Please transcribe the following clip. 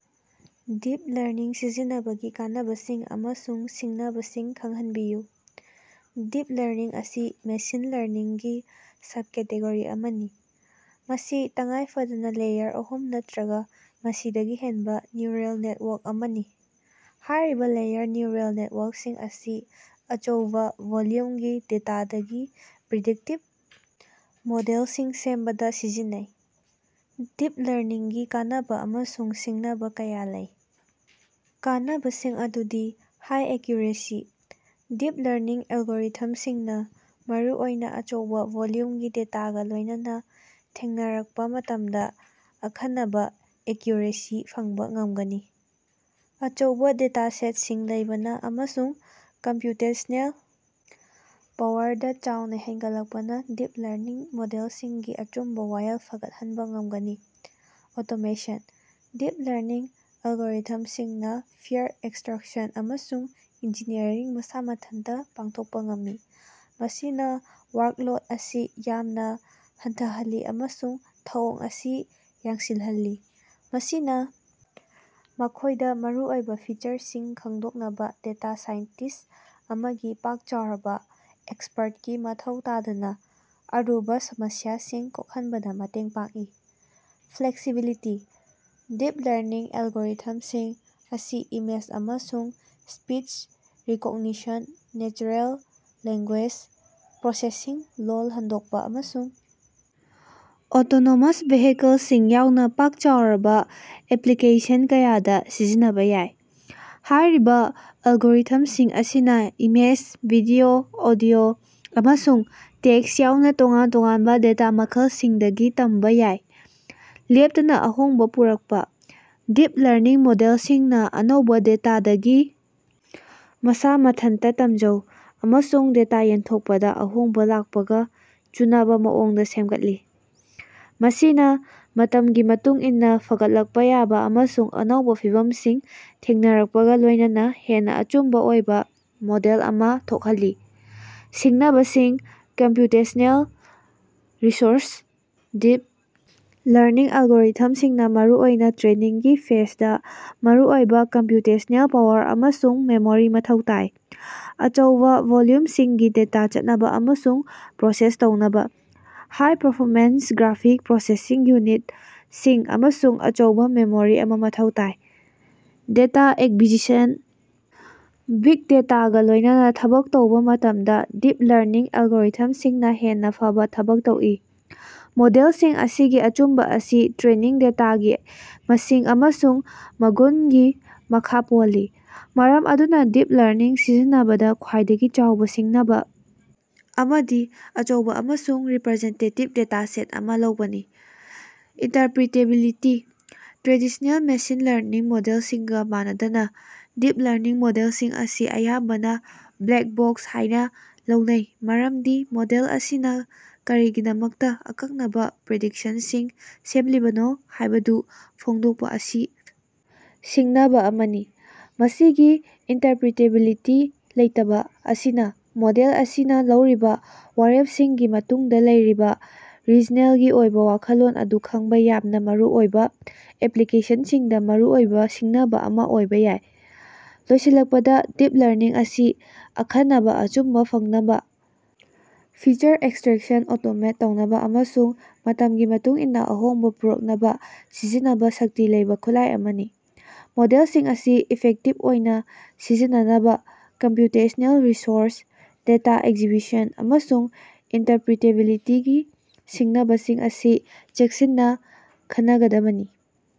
Deep learning ꯁꯤꯖꯤꯟꯅꯕꯒꯤ ꯀꯥꯟꯅꯕꯁꯤꯡ ꯑꯃꯁꯨꯡ ꯁꯤꯡꯅꯕꯁꯤꯡ ꯈꯪꯍꯟꯕꯤꯌꯨ꯫ ꯗꯤꯞ ꯂꯔꯅꯤꯡ ꯑꯁꯤ ꯃꯦꯁꯤꯟ ꯂꯔꯅꯤꯡꯒꯤ ꯁꯕꯀꯦꯇꯦꯒꯣꯔꯤ ꯑꯃꯅꯤ, ꯃꯁꯤ ꯇꯉꯥꯏꯐꯗꯅꯥ ꯂꯦꯌꯔ ꯑꯍꯨꯝ ꯅꯠꯇꯔ꯭ꯒ ꯃꯁꯤꯗꯒꯤ ꯍꯦꯟꯕ ꯅ꯭ꯌꯨꯔꯦꯜ ꯅꯦꯠꯋꯥꯔꯛ ꯑꯃꯅꯤ꯫ ꯍꯥꯏꯔꯤꯕ ꯂꯦꯌꯔ ꯅ꯭ꯌꯨꯔꯦꯜ ꯅꯦꯠꯋꯥꯔꯛꯁꯤꯡ ꯑꯁꯤ ꯑꯆꯧꯕ ꯚꯣꯂ꯭ꯌꯨꯝꯒꯤ ꯗꯦꯇꯥꯗꯒꯤ ꯄ꯭ꯔꯤꯗꯤꯛꯇꯤꯚ ꯃꯣꯗꯦꯜꯁꯤꯡ ꯁꯦꯝꯕꯗꯥ ꯁꯤꯖꯤꯟꯅꯩ꯫ ꯗꯤꯞ ꯂꯔꯅꯤꯡꯒꯤ ꯀꯥꯟꯅꯕꯥ ꯑꯃꯁꯨꯡ ꯁꯤꯡꯅꯕ ꯀꯌꯥ ꯂꯩ꯫ ꯀꯥꯟꯅꯕꯁꯤꯡ ꯑꯗꯨꯗꯤ, ꯍꯥꯏ ꯑꯦꯀ꯭ꯌꯨꯔꯦꯁꯤ -ꯗꯤꯞ ꯂꯔꯅꯤꯡ ꯑꯦꯜꯒꯣꯔꯤꯊꯝꯁꯤꯡꯅ ꯃꯔꯨꯑꯣꯏꯅ ꯑꯆꯧꯕ ꯚꯣꯂ꯭ꯌꯨꯝꯒꯤ ꯗꯦꯇꯥꯒ ꯂꯣꯏꯅꯅꯥ ꯊꯦꯡꯅꯔꯛꯄ ꯃꯇꯝꯗ ꯑꯈꯟꯅꯕ ꯑꯦꯀ꯭ꯌꯨꯔꯦꯁꯤ ꯐꯪꯕ ꯉꯝꯒꯅꯤ꯫ ꯑꯆꯧꯕ ꯗꯦꯇꯥꯁꯦꯠꯁꯤꯡ ꯂꯩꯕꯅ ꯑꯃꯁꯨꯡ ꯀꯝꯄ꯭ꯌꯨꯇꯦꯁ꯭ꯅꯦꯜ ꯄꯥꯋꯔꯗ ꯆꯥꯎꯅ ꯍꯦꯟꯒꯠꯂꯛꯄꯅ ꯗꯤꯞ ꯂꯔꯅꯤꯡ ꯃꯣꯗꯦꯜꯁꯤꯡꯒꯤ ꯑꯆꯨꯝꯕ ꯋꯥꯌꯦꯜ ꯐꯒꯠꯍꯟꯕ ꯉꯝꯒꯅꯤ꯫ ꯑꯣꯇꯣꯃꯦꯁꯟ - ꯗꯤꯞ ꯂꯔꯅꯤꯡ ꯑꯦꯜꯒꯣꯔꯤꯊꯝꯁꯤꯡꯅ ꯐꯦꯌꯔ ꯑꯦꯛꯁꯇ꯭ꯔꯥꯛꯁꯟ ꯑꯃꯁꯨꯡ ꯏꯟꯖꯤꯅꯤꯌꯔꯤꯡ ꯃꯁꯥ ꯃꯊꯟꯇ ꯄꯥꯡꯊꯣꯛꯄ ꯉꯝꯃꯤ, ꯃꯁꯤꯅ ꯋꯥ꯭ꯔꯛꯂꯣꯗ ꯑꯁꯤ ꯌꯥꯝꯅ ꯍꯟꯊꯍꯜꯂꯤ ꯑꯃꯁꯨꯡ ꯊꯧꯑꯣꯡ ꯑꯁꯤ ꯌꯥꯡꯁꯤꯜꯍꯜꯂꯤ꯫ ꯃꯁꯤꯅ ꯃꯈꯣꯏꯗ ꯃꯔꯨꯑꯣꯏꯕ ꯐꯤꯆꯔꯁꯤꯡ ꯈꯪꯗꯣꯛꯅꯕꯥ ꯗꯦꯇꯥ ꯁꯥꯏꯟꯇꯤꯁ꯭ꯠ ꯑꯃꯒꯤ ꯄꯥꯛ ꯆꯥꯎꯔꯕ ꯑꯦꯛꯁꯄ꯭ꯔꯠꯀꯤ ꯃꯊꯧ ꯇꯥꯗꯅ ꯑꯔꯨꯕ ꯁꯃꯁ꯭ꯌꯥꯁꯤꯡ ꯀꯣꯛꯍꯟꯕꯗ ꯃꯇꯦꯡ ꯄꯥꯡꯏ꯫ ꯐ꯭ꯂꯦꯛꯁꯤꯕꯤꯂꯤꯇꯤ - ꯗꯤꯞ ꯂꯔꯅꯤꯡ ꯑꯦꯜꯒꯣꯔꯤꯊꯝꯁꯤꯡ ꯑꯁꯤ ꯏꯃꯦꯖ ꯑꯃꯁꯨꯡ speech recognition, natural language processing ꯂꯣꯜ ꯍꯟꯗꯣꯛꯄ, ꯑꯃꯁꯨꯡ ꯑꯣꯇꯣꯅꯣꯃꯁ ꯚꯦꯍꯤꯀꯜꯁꯤꯡ ꯌꯥꯎꯅ ꯄꯥꯛ ꯆꯥꯎꯔꯕ ꯑꯦꯄ꯭ꯂꯤꯀꯦꯁꯟ ꯀꯌꯥꯗ ꯁꯤꯖꯤꯟꯅꯕꯥ ꯌꯥꯏ꯫ ꯍꯥꯏꯔꯤꯕ ꯑꯦꯜꯒꯣꯔꯤꯊꯝꯁꯤꯡ ꯑꯁꯤꯅ ꯏꯃꯦꯖ, ꯚꯤꯗꯤꯑꯣ, ꯑꯣꯗꯤꯑꯣ, ꯑꯃꯁꯨꯡ ꯇꯦꯛꯁ ꯌꯥꯎꯅ ꯇꯣꯉꯥꯟ ꯇꯣꯉꯥꯟꯕ ꯗꯦꯇꯥ ꯃꯈꯜꯁꯤꯡꯗꯒꯤ ꯇꯝꯕꯥ ꯌꯥꯏ꯫ ꯂꯦꯞꯇꯅꯥ ꯑꯍꯣꯡꯕ ꯄꯨꯔꯛꯄ‌ - ꯗꯤꯞ ꯂꯔꯅꯤꯡ ꯃꯣꯗꯦꯜꯁꯤꯡꯅ ꯑꯅꯧꯕ ꯗꯦꯇꯥꯗꯒꯤ ꯃꯁꯥ ꯃꯊꯟꯇ ꯇꯝꯖꯧ ꯑꯃꯁꯨꯡ ꯗꯦꯇꯥ ꯌꯦꯟꯊꯣꯛꯄꯗ ꯑꯍꯣꯡꯕꯥ ꯂꯥꯛꯄꯒ ꯆꯨꯅꯕ‌ ꯃꯑꯣꯡꯗ ꯁꯦꯝꯒꯠꯂꯤ꯫ ꯃꯁꯤꯅ ꯃꯇꯝꯒꯤ ꯃꯇꯨꯡ ꯏꯟꯅ ꯐꯒꯠꯂꯛꯄ ꯌꯥꯕ ꯑꯃꯁꯨꯡ ꯑꯅꯧꯕ ꯐꯤꯚꯝꯁꯤꯡ ꯊꯦꯡꯅꯔꯛꯄꯒ ꯂꯣꯏꯅꯅꯥ ꯍꯦꯟꯅ ꯑꯆꯨꯝꯕ ꯑꯣꯏꯕ ꯃꯣꯗꯦꯜ ꯑꯃ ꯊꯣꯛꯍꯜꯂꯤ꯫ ꯁꯤꯡꯅꯕꯁꯤꯡ ,ꯀꯝꯄ꯭ꯌꯨꯇꯦꯁ꯭ꯅꯦꯜ ꯔꯤꯁꯣꯔꯁ - ꯗꯤꯞ ꯂꯔꯅꯤꯡ ꯑꯜꯒꯣꯔꯤꯊꯝꯁꯤꯡꯅ ꯃꯔꯨꯑꯣꯏꯅ ꯇ꯭ꯔꯦꯅꯤꯡꯒꯤ ꯐꯦꯖꯗꯥ ꯃꯔꯨꯑꯣꯏꯕ ꯀꯝꯄ꯭ꯌꯨꯇꯦꯁꯅꯦꯜ ꯄꯥꯋꯔ ꯑꯃꯁꯨꯡ ꯃꯦꯃꯣꯔꯤ ꯃꯊꯧ ꯇꯥꯏ꯫ ꯑꯆꯧꯕ ꯚꯣꯂ꯭ꯌꯨꯝꯁꯤꯡꯒꯤ ꯗꯦꯇꯥ ꯆꯠꯅꯕ ꯑꯃꯁꯨꯡ ꯄ꯭ꯔꯣꯁꯦꯁ ꯇꯧꯅꯕ, ꯍꯥꯏ-ꯄꯥꯔꯐꯣꯔꯃꯦꯟꯁ ꯒ꯭ꯔꯥꯐꯤꯛ ꯄ꯭ꯔꯣꯁꯦꯁꯤꯡ ꯌꯨꯅꯤꯠ ꯁꯤꯡ ꯑꯃꯁꯨꯡ ꯑꯆꯧꯕ ꯃꯦꯃꯣꯔꯤ ꯑꯃ ꯃꯊꯧ ꯇꯥꯏ꯫ ꯗꯦꯇꯥ ꯑꯦꯛꯕꯤꯖꯤꯁꯟ - ꯕꯤꯒ ꯗꯦꯇꯥ ꯒꯥ ꯂꯣꯏꯅꯅꯥ ꯊꯕꯛ ꯇꯧꯕ‌ ꯃꯇꯝꯗ ꯗꯤꯞ ꯂꯔꯅꯤꯡ ꯑꯦꯜꯒꯣꯔꯤꯊꯝꯁꯤꯡꯅ ꯍꯦꯟꯅ ꯐꯕꯥ ꯊꯕꯛ ꯇꯧꯏ꯫ ꯃꯣꯗꯦꯜꯁꯤꯡ ꯑꯁꯤꯒꯤ ꯑꯆꯨꯝꯕ ꯑꯁꯤ ꯇ꯭ꯔꯦꯅꯤꯡ ꯗꯦꯇꯥꯒꯤ ꯃꯁꯤꯡ ꯑꯃꯁꯨꯡ ꯃꯒꯨꯟꯒꯤ ꯃꯈꯥ ꯄꯣꯜꯂꯤ꯫ ꯃꯔꯝ ꯑꯗꯨꯅ ꯗꯤꯞ ꯂꯔꯅꯤꯡ ꯁꯤꯖꯤꯟꯅꯕꯗ ꯈ꯭ꯋꯥꯏꯗꯒꯤ ꯆꯥꯎꯕ ꯁꯤꯡꯅꯕ ꯑꯃꯗꯤ ꯑꯆꯧꯕ ꯑꯃꯁꯨꯡ ꯔꯤꯄꯔꯖꯦꯟꯇꯦꯇꯤꯕ ꯗꯦꯇꯥꯁꯦꯠ ꯑꯃ ꯂꯧꯕꯅꯤ꯫ ꯏꯟꯇꯔꯄ꯭ꯔꯤꯇꯦꯕꯤꯂꯤꯇꯤ - ꯇ꯭ꯔꯦꯗꯤꯁ꯭ꯅꯦꯜ ꯃꯦꯁꯤꯟ ꯂꯔꯅꯤꯡ ꯃꯣꯗꯦꯜꯁꯤꯡꯒ ꯃꯥꯟꯅꯗꯅꯥ, ꯗꯤꯞ ꯂꯔꯅꯤꯡ ꯃꯣꯗꯦꯜꯁꯤꯡ ꯑꯁꯤ ꯑꯌꯥꯝꯕꯅ ꯕ꯭ꯂꯦꯛ ꯕꯣꯛꯁ ꯍꯥꯏꯅ ꯂꯧꯅꯩ ꯃꯔꯝꯗꯤ ꯃꯣꯗꯦꯜ ꯑꯁꯤꯅ ꯀꯔꯤꯒꯤꯗꯃꯛꯇ ꯑꯀꯛꯅꯕ ꯄ꯭ꯔꯤꯗꯤꯛꯁꯟꯁꯤꯡ ꯁꯦꯝꯂꯤꯕꯅꯣ ꯍꯥꯏꯕꯗꯨ ꯐꯣꯡꯗꯣꯛꯄ ꯑꯁꯤ ꯁꯤꯡꯅꯕꯥ ꯑꯃꯅꯤ꯫ ꯃꯁꯤꯒꯤ ꯏꯟꯇꯔꯄ꯭ꯔꯤꯇꯦꯕꯤꯂꯤꯇꯤ ꯂꯩꯇꯕꯥ ꯑꯁꯤꯅ ꯃꯣꯗꯦꯜ ꯑꯁꯤꯅ ꯂꯧꯔꯤꯕ ꯋꯥꯔꯦꯞꯁꯤꯡꯒꯤ ꯃꯇꯨꯡꯗ ꯂꯩꯔꯤꯕ ꯔꯤꯖꯅꯦꯜꯒꯤ ꯑꯣꯏꯕ ꯋꯥꯈꯜꯂꯣꯟ ꯑꯗꯨ ꯈꯪꯕ ꯌꯥꯝꯅ ꯃꯔꯨ ꯑꯣꯏꯕ ꯑꯦꯄ꯭ꯂꯤꯀꯦꯁꯟꯁꯤꯡꯗ ꯃꯔꯨꯑꯣꯏꯕ ꯁꯤꯡꯅꯕꯥ ꯑꯃ ꯑꯣꯏꯕ ꯌꯥꯏ꯫ ꯂꯣꯏꯁꯤꯜꯂꯛꯄꯗ, ꯗꯤꯞ ꯂꯔꯅꯤꯡ ꯑꯁꯤ ꯑꯈꯟꯅꯕ ꯑꯆꯨꯝꯕ ꯐꯪꯅꯕꯥ, ꯐꯤꯆꯔ ꯑꯦꯛꯁꯇ꯭ꯔꯦꯛꯁꯟ ꯑꯣꯇꯣꯃꯦꯠ ꯇꯧꯅꯕꯥ ꯑꯃꯁꯨꯡ ꯃꯇꯝꯒꯤ ꯃꯇꯨꯡ ꯏꯟꯅ ꯑꯍꯣꯡꯕ ꯄꯨꯔꯛꯅꯕ ꯁꯤꯖꯤꯟꯅꯕ ꯁꯛꯇꯤ ꯂꯩꯕ ꯈꯨꯠꯂꯥꯏ ꯑꯃꯅꯤ꯫ ꯃꯣꯗꯦꯜꯁꯤꯡ ꯑꯁꯤ ꯏꯐꯦꯛꯇꯤꯕ ꯑꯣꯏꯅ ꯁꯤꯖꯤꯟꯅꯅꯕꯥ ꯀꯝꯄ꯭ꯌꯨꯇꯦꯁ꯭ꯅꯦꯜ ꯔꯤꯁꯣꯔꯁ, ꯗꯦꯇꯥ ꯑꯦꯛꯖꯤꯕꯤꯁꯟ, ꯑꯃꯁꯨꯡ ꯏꯟꯇꯔꯄ꯭ꯔꯤꯇꯦꯕꯤꯂꯤꯇꯤꯒꯤ ꯁꯤꯡꯅꯕꯁꯤꯡ ꯑꯁꯤ ꯆꯦꯛꯁꯤꯟꯅ ꯈꯟꯅꯒꯗꯕꯅꯤ꯫